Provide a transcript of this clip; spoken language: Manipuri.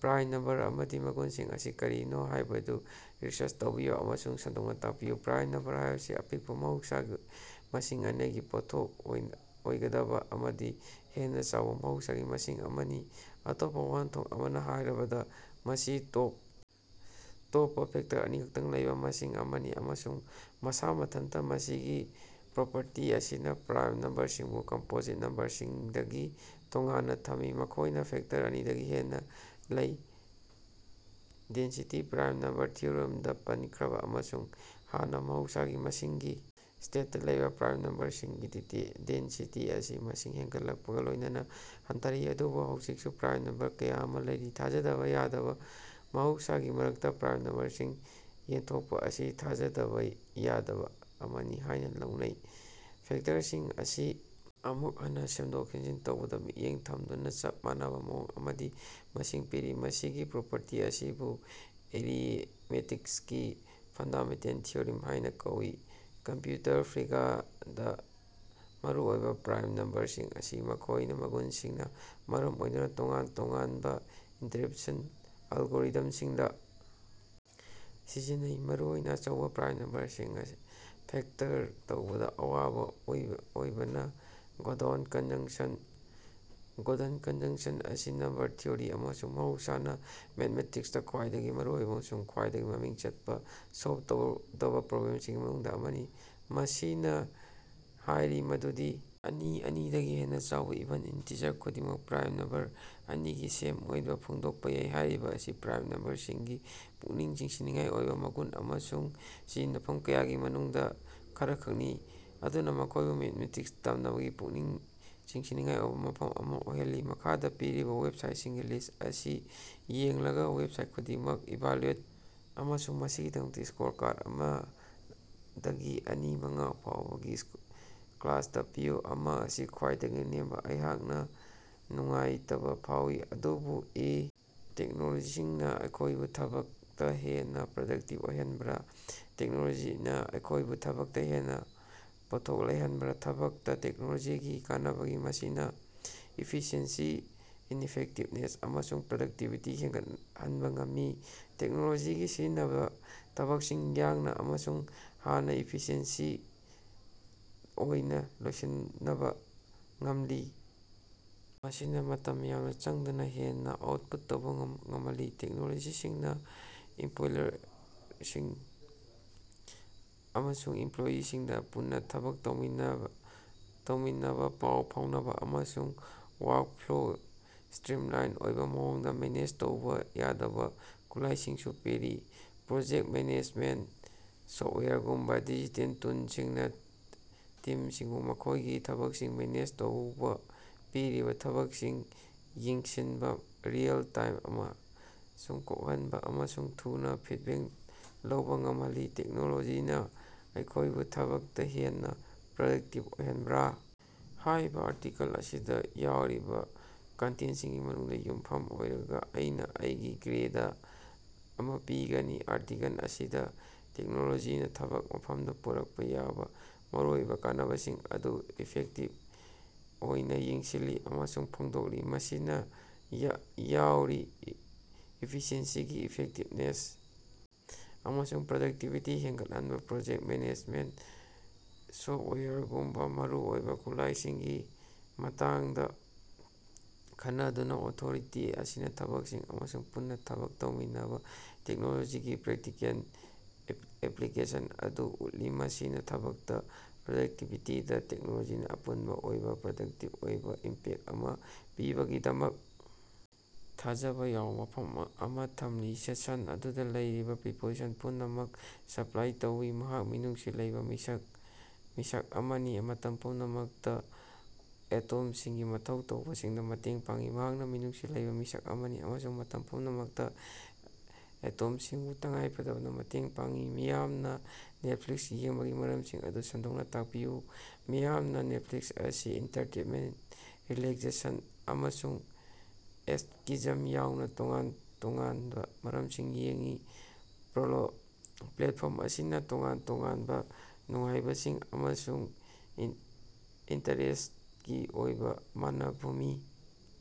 ꯄ꯭ꯔꯥꯏꯝ ꯅꯝꯕꯔ ꯑꯃꯒꯤ ꯃꯒꯨꯟꯁꯤꯡ ꯑꯁꯤ ꯀꯔꯤꯅꯣ ꯍꯥꯏꯕꯗꯨ ꯔꯤꯁꯔꯆ ꯇꯧꯕꯤꯌꯨ ꯑꯃꯁꯨꯡ ꯁꯟꯗꯣꯛꯅꯥ ꯇꯥꯛꯄꯤꯌꯨ꯫ ꯄ꯭ꯔꯥꯏꯝ ꯅꯝꯕꯔ ꯍꯥꯏꯕꯁꯤ ꯑꯄꯤꯛꯄꯥ ꯃꯍꯧꯁꯥꯒꯤ ꯃꯁꯤꯡ ꯑꯅꯤꯒꯤ ꯄꯣꯠꯊꯣꯛ ꯑꯣꯏꯗꯕꯥ ꯑꯃꯗꯒꯤ ꯍꯦꯟꯅꯥ ꯆꯥꯎꯕꯥ ꯃꯍꯧꯁꯥꯒꯤ ꯃꯁꯤꯡ ꯑꯃꯅꯤ꯫ ꯑꯇꯣꯞꯄꯥ ꯋꯥꯍꯟꯊꯣꯛ ꯑꯃꯗꯥ ꯍꯥꯏꯔꯕꯗꯥ, ꯃꯁꯤ ꯇꯣꯞ ꯇꯣꯞꯄꯥ ꯐꯦꯛꯇꯔ ꯑꯅꯤꯈꯛꯇꯃꯛ ꯂꯩꯕꯥ ꯃꯁꯤꯡ ꯑꯃꯅꯤ ꯑꯃ ꯑꯃꯁꯨꯡ ꯃꯁꯥ ꯃꯊꯟꯇꯥ꯫ ꯃꯁꯤꯒꯤ ꯄ꯭ꯔꯣꯄꯔꯇꯤ ꯑꯁꯤꯅꯥ ꯄ꯭ꯔꯥꯏꯝ ꯅꯝꯕꯔꯁꯤꯡꯕꯨ ꯀꯝꯄꯣꯖꯤꯠ ꯅꯝꯕꯔꯁꯤꯡꯗꯒꯤ ꯇꯣꯉꯥꯟꯅꯥ ꯊꯝꯃꯤ, ꯃꯈꯣꯏꯗꯥ ꯐꯦꯛꯇꯔ ꯑꯅꯤꯗꯒꯤ ꯍꯦꯟꯅꯥ ꯂꯩ꯫ ꯗꯦꯟꯁꯤꯇꯤ: ꯄ꯭ꯔꯥꯏꯝ ꯅꯝꯕꯔ ꯊꯤꯑꯣꯔꯝꯗꯥ ꯄꯟꯈ꯭ꯔꯤꯕꯥ ꯃꯇꯨꯡ ꯏꯟꯅꯥ ꯃꯍꯧꯁꯥꯒꯤ ꯃꯁꯤꯡꯒꯤ ꯁꯦꯠꯇꯥ ꯂꯩꯕꯥ ꯄ꯭ꯔꯥꯏꯝ ꯅꯝꯕꯔꯁꯤꯡꯒꯤ ꯗꯦꯟꯁꯤꯇꯤ ꯑꯁꯤ ꯃꯁꯤꯡ ꯍꯦꯒꯠꯂꯛꯄꯒꯥ ꯂꯣꯏꯅꯅꯥ ꯍꯟꯊꯔꯛꯏ꯫ ꯑꯗꯨꯕꯨ ꯍꯧꯖꯤꯛꯁꯨ ꯄ꯭ꯔꯥꯏꯝ ꯅꯝꯕꯔ ꯀꯌꯥ ꯑꯃꯥ ꯂꯩꯔꯤ꯫ ꯊꯥꯖꯗꯕꯥ ꯌꯥꯗꯕꯥ: ꯃꯍꯧꯁꯥꯒꯤ ꯃꯁꯤꯡꯒꯤ ꯃꯔꯛꯇꯥ ꯄ꯭ꯔꯥꯏꯝ ꯅꯝꯕꯔꯁꯤꯡ ꯌꯦꯟꯊꯣꯛꯄꯥ ꯑꯁꯤ ꯊꯥꯖꯗꯕꯥ ꯌꯥꯗꯕꯥ ꯑꯃꯅꯤ ꯍꯥꯏꯅꯥ ꯂꯧꯅꯩ꯫ ꯐꯦꯛꯇꯔꯁꯤꯡ ꯑꯁꯤ ꯑꯃꯨꯛ ꯍꯟꯅꯥ ꯁꯦꯝꯗꯣꯛ-ꯁꯦꯝꯖꯤꯟ ꯇꯧꯕꯗꯥ ꯃꯤꯠꯌꯦꯡ ꯊꯝꯗꯅꯥ ꯆꯞ ꯃꯥꯟꯅꯕꯥ ꯃꯑꯣꯡ ꯑꯃꯗꯥ ꯃꯁꯤꯡ ꯄꯤꯔꯤ꯫ ꯃꯁꯤꯒꯤ ꯄ꯭ꯔꯣꯄꯔꯇꯤ ꯑꯁꯤꯕꯨ ꯑꯦꯔꯤꯟꯃꯦꯇꯤꯛꯁꯀꯤ ꯐꯟꯗꯥꯃꯦꯟꯇꯦꯜ ꯊꯤꯑꯣꯔꯤꯝ ꯍꯥꯏꯅꯥ ꯀꯧꯏ꯫ ꯀ꯭ꯔꯤꯞꯇꯣꯒ꯭ꯔꯥꯐꯤꯗꯥ ꯃꯔꯨꯑꯣꯏꯕꯥ: ꯄ꯭ꯔꯥꯏꯝ ꯅꯝꯕꯔꯁꯤꯡ ꯑꯁꯤ ꯃꯈꯣꯏꯒꯤ ꯃꯒꯨꯟꯁꯤꯡꯅꯥ ꯃꯔꯝ ꯑꯣꯏꯗꯨꯅꯥ ꯇꯣꯉꯥꯟ ꯇꯣꯉꯥꯟꯕ ꯑꯦꯟꯀꯔꯤꯞꯁꯟ ꯑꯦꯂꯒꯣꯔꯤꯊꯝꯁꯤꯡꯗꯥ ꯁꯤꯖꯤꯟꯅꯩ, ꯃꯔꯨꯑꯣꯏꯅꯥ ꯑꯆꯧꯕꯥ ꯄ꯭ꯔꯥꯏꯝ ꯅꯝꯕꯔꯁꯤꯡ ꯐꯦꯛꯇꯔ ꯇꯧꯕꯗꯥ ꯑꯋꯥꯕꯥ ꯑꯣꯏꯕꯅꯥ꯫ ꯒꯣꯜꯗꯟ ꯀꯟꯖꯦꯛꯁꯟ: ꯒꯣꯜꯗꯟ ꯀꯟꯖꯦꯛꯁꯟ ꯑꯁꯤ ꯅꯝꯕꯔ ꯊꯤꯑꯣꯔꯤ ꯑꯃꯁꯨꯡ ꯃꯍꯧꯁꯥꯅ ꯃꯦꯊꯃꯦꯇꯤꯛꯁꯇꯥ ꯈ꯭ꯋꯥꯏꯗꯒꯤ ꯑꯔꯤꯕꯥ ꯑꯃꯁꯨꯡ ꯈ꯭ꯋꯥꯏꯗꯒꯤ ꯃꯃꯤꯡ ꯆꯠꯄꯥ ꯁꯣꯜꯞ ꯇꯧꯗꯕꯥ ꯄ꯭ꯔꯣꯕ꯭ꯂꯦꯝꯁꯤꯡꯒꯤ ꯃꯅꯨꯡꯗꯥ ꯑꯃꯅꯤ꯫ ꯃꯁꯤꯅꯥ ꯍꯥꯏꯔꯤ ꯃꯗꯨꯗꯤ ꯑꯅꯤ ꯗꯒꯤ ꯍꯦꯟꯅꯥ ꯆꯥꯎꯕ ꯏꯚꯦꯟꯇ ꯏꯟꯇꯤꯖꯔ ꯈꯨꯗꯤꯡꯃꯛ ꯄ꯭ꯔꯥꯏꯝ ꯅꯝꯕꯔ ꯑꯅꯤꯒꯤ ꯁꯝ ꯑꯣꯏꯅꯥ ꯐꯣꯡꯗꯣꯛꯄꯥ ꯌꯥꯏ꯫ꯍꯥꯏꯔꯤꯕꯥ ꯑꯁꯤ ꯄ꯭ꯔꯥꯏꯝ ꯅꯝꯕꯔꯁꯤꯡꯒꯤ ꯄꯨꯛꯅꯤꯡ ꯆꯤꯡꯁꯤꯟꯅꯤꯡꯉꯥꯏ ꯑꯣꯏꯕꯥ ꯃꯒꯨꯟ ꯑꯃꯁꯨꯡ ꯁꯤꯖꯤꯟꯅꯐꯝ ꯀꯌꯥꯒꯤ ꯃꯅꯨꯡꯗꯥ ꯈꯔꯈꯛꯇꯅꯤ, ꯃꯗꯨꯅꯥ ꯃꯈꯣꯏꯕꯨ ꯃꯦꯊꯃꯦꯇꯤꯛꯁꯇꯥ ꯇꯝꯅꯕꯒꯤ ꯄꯨꯛꯅꯤꯡ ꯆꯤꯡꯁꯤꯟꯅꯤꯡꯉꯥꯏ ꯑꯣꯏꯕꯥ ꯃꯐꯝ ꯑꯃꯥ ꯑꯣꯏꯍꯜꯂꯤ꯫ ꯃꯈꯥꯗꯥ ꯄꯤꯔꯤꯕꯥ ꯋꯦꯕꯁꯥꯏꯠꯁꯤꯡꯒꯤ ꯂꯤꯁ ꯑꯁꯤ ꯌꯦꯡꯂꯒꯥ, ꯋꯦꯕꯁꯥꯏꯠ ꯈꯨꯗꯤꯡꯃꯛ ꯏꯚꯥꯜꯌꯨꯑꯦꯠ ꯇꯧ ꯑꯃꯁꯨꯡ ꯃꯁꯤꯒꯤꯗꯃꯛꯇꯥ ꯁ꯭ꯀꯣꯔ ꯑꯃ ꯑꯃ ꯗꯒꯤ ꯑꯅꯤ ꯃꯉꯥ ꯐꯥꯎꯕꯒꯤ ꯁ꯭ꯀꯦꯂꯗꯥ ꯄꯤꯌꯨ (ꯑꯃ ꯑꯁꯤ ꯈ꯭ꯋꯥꯏꯗꯒꯤ ꯅꯦꯝꯕꯥ)꯫ ꯑꯩꯍꯥꯛꯅꯥ ꯅꯨꯡꯉꯥꯏꯇꯕꯥ ꯐꯥꯎꯏ, ꯑꯗꯨꯕꯨ ꯑꯦ. "ꯇꯦꯛꯅꯣꯂꯣꯖꯤꯅꯥ ꯑꯩꯈꯣꯏꯕꯨ ꯊꯕꯛꯇꯥ ꯍꯦꯟꯅꯥ ꯄ꯭ꯔꯗꯛꯇꯤꯕ ꯑꯣꯏꯍꯟꯕꯔꯥ? " ꯇꯦꯛꯅꯣꯂꯣꯖꯤꯅ ꯑꯩꯈꯣꯏꯕꯨ ꯊꯕꯛꯇꯥ ꯍꯦꯟꯅꯥ ꯄꯣꯠꯊꯣꯛ ꯂꯩꯍꯟꯕꯔꯥ? ꯊꯕꯛꯇꯥ ꯇꯦꯛꯅꯣꯂꯣꯖꯤꯒꯤ ꯀꯥꯟꯅꯕꯗꯤ ꯃꯁꯤꯅꯥ ꯏꯐꯤꯁꯤꯑꯦꯟꯁꯤ, ꯏꯐꯦꯛꯇꯤꯕꯅꯦꯁ ꯑꯃꯁꯨꯡ ꯄ꯭ꯔꯗꯛꯇꯤꯕꯤꯇꯤ ꯍꯦꯒꯠꯍꯟꯕ ꯉꯝꯃꯤ꯫ ꯇꯦꯛꯅꯣꯂꯣꯖꯤ ꯁꯤꯖꯤꯟꯅꯕꯅꯥ ꯊꯕꯛꯁꯤꯡ ꯌꯡꯅ ꯑꯃꯁꯨꯡ ꯍꯦꯟꯅꯥ ꯏꯐꯤꯁꯤꯌꯦꯟꯇ ꯑꯣꯏꯅ ꯂꯣꯏꯁꯤꯟꯕ ꯉꯝꯂꯤ, ꯃꯁꯤꯅ ꯃꯇꯝ ꯌꯥꯝꯅ ꯆꯪꯗꯅꯥ ꯍꯦꯟꯅꯥ ꯑꯥꯎꯠꯄꯨꯠ ꯇꯧꯕꯥ ꯉꯝꯍꯜꯂꯤ꯫ ꯇꯦꯛꯅꯣꯂꯣꯖꯤꯁꯤꯡꯅꯥ ꯏꯝꯄꯂꯣꯏꯌꯔꯁꯤꯡ ꯑꯃꯁꯨꯡ ꯏꯝꯄꯂꯣꯏꯌꯤꯁꯤꯡꯅꯥ ꯄꯨꯟꯅꯥ ꯊꯕꯛ ꯇꯧꯃꯤꯟꯅꯕꯥ, ꯄꯥꯎ ꯐꯥꯎꯅꯕꯥ ꯑꯃꯁꯨꯡ ꯋꯥꯔꯛꯐ꯭ꯂꯣꯕꯨ ꯁ꯭ꯇꯔꯤꯝꯂꯥꯏꯟ ꯑꯣꯏꯕꯥ ꯃꯑꯣꯡꯗ ꯃꯦꯅꯦꯖ ꯇꯧꯕ ꯌꯥꯗꯕ ꯈꯨꯠꯂꯥꯏꯁꯤꯡꯁꯨ ꯄꯤꯔꯤ꯫ ꯄ꯭ꯔꯣꯖꯦꯛꯇ ꯃꯦꯅꯦꯖꯃꯦꯟꯇ ꯁꯣꯐꯋꯦꯌꯔꯒꯨꯝꯕꯥ ꯗꯤꯖꯤꯇꯦꯜ ꯇꯨꯜꯁꯤꯡꯅꯥ ꯇꯤꯝꯁꯤꯡꯕꯨ ꯃꯈꯣꯏꯒꯤ ꯊꯕꯛꯁꯤꯡ ꯃꯦꯅꯦꯖ ꯇꯧꯕꯥ, ꯄꯤꯔꯤꯕꯥ ꯊꯕꯛꯁꯤꯡ ꯌꯦꯡꯁꯤꯡꯕꯥ, ꯔꯤꯑꯦꯜ-ꯇꯥꯏꯝꯗꯥ ꯏꯁꯨꯁꯤꯡ ꯀꯣꯛꯈꯟꯕꯥ ꯑꯃꯁꯨꯡ ꯊꯨꯅ ꯐꯤꯠꯕꯦꯛ ꯂꯧꯕꯥ ꯉꯝꯍꯜꯂꯤ꯫ "ꯇꯦꯛꯅꯣꯂꯣꯖꯤꯅꯥ ꯑꯩꯈꯣꯏꯕꯨ ꯊꯕꯛꯇꯥ ꯍꯦꯟꯅꯥ ꯄ꯭ꯔꯗꯛꯇꯤꯕ ꯑꯣꯏꯍꯟꯕꯔꯥ? ", ꯍꯥꯏꯕ ꯑꯥꯔꯇꯤꯀꯜ ꯑꯁꯤꯗ ꯌꯥꯎꯔꯤꯕ ꯀꯟꯇꯦꯟꯇꯒꯤ ꯃꯅꯨꯡꯗꯥ ꯌꯨꯝꯐꯝ ꯑꯣꯏꯔꯒꯥ, ꯑꯩꯅꯥ ꯑꯩꯩꯒꯤ ꯒ꯭ꯔꯦꯗ ꯑꯃꯥ ꯄꯤꯒꯅꯤ, ꯑꯥꯔꯇꯤꯀꯜ ꯑꯁꯤꯅꯥ ꯇꯦꯛꯅꯣꯂꯣꯖꯤꯅꯥ ꯊꯕꯛ ꯃꯐꯝꯗꯥ ꯄꯨꯔꯛꯄꯥ ꯌꯥꯕ ꯃꯔꯨꯑꯣꯏꯕꯥ ꯀꯥꯟꯅꯕꯁꯤꯡ ꯑꯗꯨ ꯏꯐꯦꯛꯇꯤꯕ ꯑꯣꯏꯅ ꯌꯦꯡꯁꯤꯜꯂꯤ ꯑꯃꯁꯨꯡ ꯐꯣꯡꯗꯣꯛꯂꯤ, ꯃꯁꯤꯗꯥ ꯌꯥꯎꯔꯤ꯫ ꯏꯐꯤꯁꯤꯑꯦꯟꯁꯤ, ꯏꯐꯦꯛꯇꯤꯕꯅꯦꯁ ꯑꯃꯁꯨꯡ ꯄ꯭ꯔꯗꯛꯇꯤꯕꯤꯇꯤ ꯍꯦꯒꯠꯍꯟꯕꯥ꯫ ꯄ꯭ꯔꯣꯖꯦꯛꯇ ꯃꯦꯅꯦꯖꯃꯦꯟꯇ ꯁꯣꯐꯋꯦꯌꯔꯒꯨꯝꯕꯥ ꯃꯔꯨꯑꯣꯏꯕꯥ ꯈꯨꯠꯂꯥꯏꯁꯤꯡꯒꯤ ꯃꯇꯥꯡꯗꯥ ꯈꯟꯅꯗꯨꯅꯥ, ꯑꯣꯊꯣꯔꯤꯇꯤ ꯑꯁꯤꯅꯥ ꯊꯕꯛꯁꯤꯡ ꯑꯃꯁꯨꯡ ꯄꯨꯟꯅꯥ ꯊꯕꯛ ꯇꯧꯃꯤꯟꯅꯕꯗꯥ ꯇꯦꯛꯅꯣꯂꯣꯖꯤꯒꯤ ꯄ꯭ꯔꯦꯛꯇꯤꯀꯦꯜ ꯑꯦꯄꯂꯤꯀꯦꯁꯟ ꯑꯗꯨ ꯎꯠꯂꯤ, ꯃꯁꯤꯅꯥ ꯊꯕꯛꯇꯥ ꯄ꯭ꯔꯗꯛꯇꯤꯕꯤꯇꯤꯗꯥ ꯇꯦꯛꯅꯣꯂꯣꯖꯤꯅ ꯑꯄꯨꯟꯕꯥ ꯑꯣꯏꯅꯥ ꯄꯣꯖꯤꯇꯤꯕ ꯑꯣꯏꯕꯥ ꯏꯝꯄꯦꯛꯇ ꯑꯃꯥ ꯄꯤꯕꯒꯤꯗꯃꯛ ꯊꯥꯖꯕ ꯌꯥꯕ ꯋꯥꯐꯝ ꯑꯃ ꯊꯝꯂꯤ꯫ ꯁꯦꯟꯁꯟ ꯑꯗꯨꯗꯥ ꯂꯩꯔꯤꯕꯥ ꯄ꯭ꯔꯤꯄꯣꯖꯤꯁꯟ ꯄꯨꯝꯅꯃꯛ ꯁꯄꯂꯥꯏ ꯇꯧ꯫ ꯃꯍꯥꯛ ꯃꯤꯅꯨꯡꯁꯤ ꯂꯩꯕ ꯃꯤꯁꯛ ꯑꯃꯅꯤ ꯑꯃꯁꯨꯡ ꯃꯇꯝ ꯄꯨꯝꯅꯃꯛꯇ ꯑꯇꯣꯞꯄꯁꯤꯡꯒꯤ ꯃꯊꯧ ꯇꯥꯕꯁꯤꯡꯗ ꯃꯇꯦꯡ ꯄꯥꯡꯏ꯫ ꯃꯍꯥꯛ ꯃꯤꯅꯨꯡꯁꯤ ꯂꯩꯕꯥ ꯃꯤꯁꯛ ꯑꯃꯅꯤ ꯑꯃꯁꯨꯡ ꯃꯇꯝ ꯄꯨꯝꯅꯃꯛꯇꯥ ꯑꯇꯣꯞꯄꯁꯤꯡꯕꯨ ꯇꯉꯥꯏꯐꯗꯅꯥ ꯃꯇꯦꯡ ꯄꯥꯡꯏ꯫ ꯃꯤꯌꯥꯝꯅꯥ ꯅꯦꯠꯐ꯭ꯂꯤꯛꯁ ꯌꯦꯡꯕꯒꯤ ꯃꯔꯝꯁꯤꯡ ꯑꯗꯨ ꯁꯟꯗꯣꯛꯅꯥ ꯇꯥꯛꯄꯤꯌꯨ꯫ ꯃꯤꯌꯥꯝꯅꯥ ꯅꯦꯠꯐ꯭ꯂꯤꯛꯁ ꯑꯁꯤ ꯑꯦꯟꯇꯥꯔꯇꯦꯟꯃꯦꯟꯇ, ꯔꯤꯂꯥꯛꯁꯦꯁꯟ, ꯑꯃꯁꯨꯡ ꯑꯦꯁꯀꯦꯄꯤꯖꯝ ꯌꯥꯎꯅ ꯇꯣꯉꯥꯟ ꯇꯣꯉꯥꯟꯕ ꯃꯔꯝꯁꯤꯡꯅ ꯌꯦꯡꯏ꯫ ꯄ꯭ꯂꯦꯠꯐꯣꯔꯝ ꯑꯁꯤꯅ ꯇꯣꯉꯥꯟ ꯇꯣꯉꯥꯟꯕꯥ ꯅꯨꯡꯉꯥꯏꯕꯁꯤꯡ ꯑꯃꯁꯨꯡ ꯏꯟꯇꯔꯦꯁ꯭ꯇꯁꯤꯡꯒꯤ ꯃꯇꯨꯡ ꯏꯟꯅꯥ ꯃꯨꯚꯤ.꯫